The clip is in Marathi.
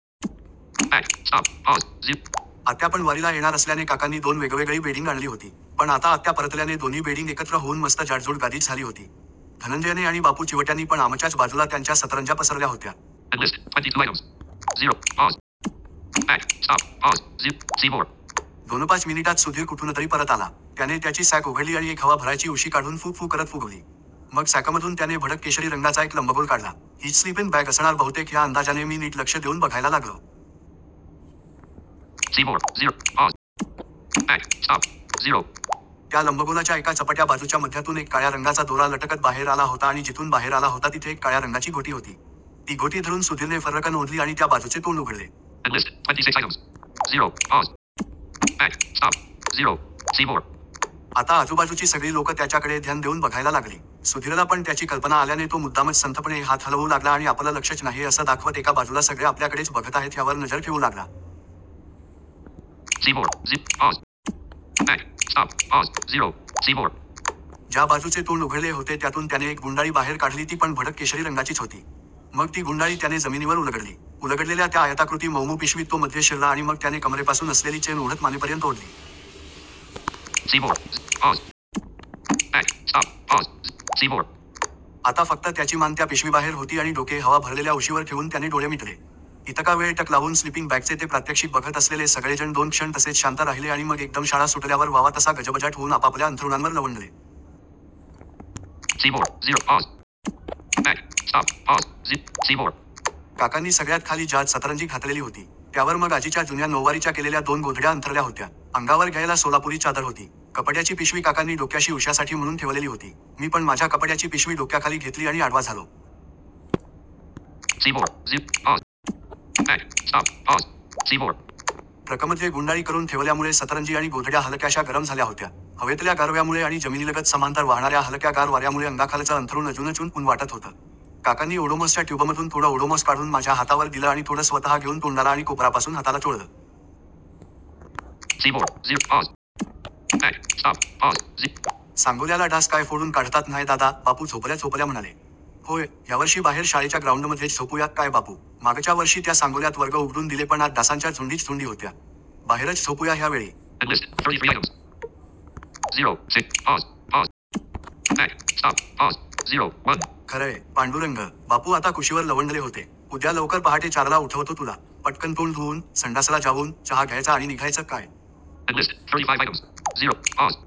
आत्यापण वारीला येणार असल्याने काकांनी दोन वेगवेगळी बेडींग आणली होती. पण आता आत्या परतल्याने दोन्ही बेडिंग एकत्र होउन मस्त जाडजूड गादीच झाली होती. धनंजयने आणि बापू चिवट्यांनी पण आमच्याच बाजूला त्यांच्या सतरंज्या पसरल्या होत्या. दोनपाच मिनिटात सुधीर कुठुनतरी परत आला. त्याने त्याची सॅक उघडली आणि एक हवा भरायची उशी काढून फू-फू करत फुगवली. मग सॅकमधून त्याने भडक केशरी रंगाचा एक लंबगोल काढला. हीच स्लीपिंग बॅग असणार बहुतेक ह्या अंदाजाने मी नीट लक्ष देउन बघायला लागलो. त्या लंबगोलाच्या एका चपट्या बाजूच्या मध्यातून एक काळ्या रंगाचा दोरा लटकत बाहेर आला होता आणि जिथून बाहेर आला होता तिथे एक काळ्या रंगाची गोटी होती. ती गोटी धरुन सुधीरने फर्रकन् ओढली आणि त्या बाजूचे तोंड उघडले. आता आजूबाजूची सगळी लोकं त्याच्याकडे ध्यान देउन बघायला लागली. सुधिरला पण त्याची कल्पना आल्याने तो मुद्दामच संथपणे हात हलवू लागला आणि आपलं लक्षच नाहिये असं दाखवत एका बाजूला सगळे आपल्याकडेच बघताहेत ह्यावर नजर ठेवू लागला. ज्या बाजूचे तोंड उघडले होते त्यातून त्याने एक गुंडाळी बाहेर काढली ती पण भडक केशरी रंगाचीच होती. मग ती गुंडाळी त्याने जमिनीवर उलगडली. उलगडलेल्या त्या आयताकृती मउमउ पिशवीत तो मध्ये शिरला आणि मग त्याने कमरेपासून असलेली चेन ओढत मानेपर्यंत ओढली. आता फक्त त्याची मान त्या पिशवीबाहेर होती आणि डोके हवा भरलेल्या उशीवर ठेवून त्याने डोळे मिटले. इतका वेळ टक लावून स्लिपींग बॅगचे ते प्रात्यक्षिक बघत असलेले सगळेजण दोन क्षण तसेच शांत राहिले आणि मग एकदम शाळा सुटल्यावर व्हावा तसा गजबजाट होउन आपापल्या अंथरुणांवर लवंडले. काकांनी सगळ्यात खाली जाड सतरंजी घातलेली होती. त्यावर मग आजीच्या जुन्या नउवारीच्या केलेल्या दोन गोधड्या अंथरल्या होत्या. अंगावर घ्यायला सोलापुरी चादर होती. कपड्याची पिशवी काकांनी डोक्याशी उश्यासाठी म्हणुन ठेवलेली होती. मी पण माझ्या कपड्याची पिशवी डोक्याखाली घेतली आणि आडवा झालो. ट्रकमध्ये गुंडाळी करुन ठेवल्यामुळे सतरंजी आणि गोधड्या हलक्याश्या गरम झाल्या होत्या. हवेतल्या गारव्यामुळे आणि जमिनीलगत समांतर वाहणार्या हलक्या गार वार्यामुळे अंगाखालचं अंथरुण अजूनच उन-उन वाटत होतं. काकांनी ओडोमॉसच्या ट्युबमधून थोडं ओडोमॉस काढून माझ्या हातावर दिलं आणि थोडं स्वत: घेउन तोंडाला आणि कोपरापासून हाताला चोळलं. सांगोल्याला डास काय फोडून काढतात न्हाय दादा, बापू झोपल्या झोपल्या म्हणाले. होय, ह्यावर्षी बाहेर शाळेच्या ग्राउंडमध्येच झोपुया, काय बापू. मागच्या वर्षी त्या सांगोल्यात वर्ग उघडून दिले पण आत डासांच्या झुंडीच झुंडी होत्या. बाहेरच झोपुया ह्या वेळी. खरय. पांडुरंग. बापू आता कुशीवर लवंडले होते. उद्या लवकर पहाटे चारला उठवतो तुला. पटकन तोंड धुउन, संडासला जावून, चहा घ्यायचा आणि निघायचं, काय.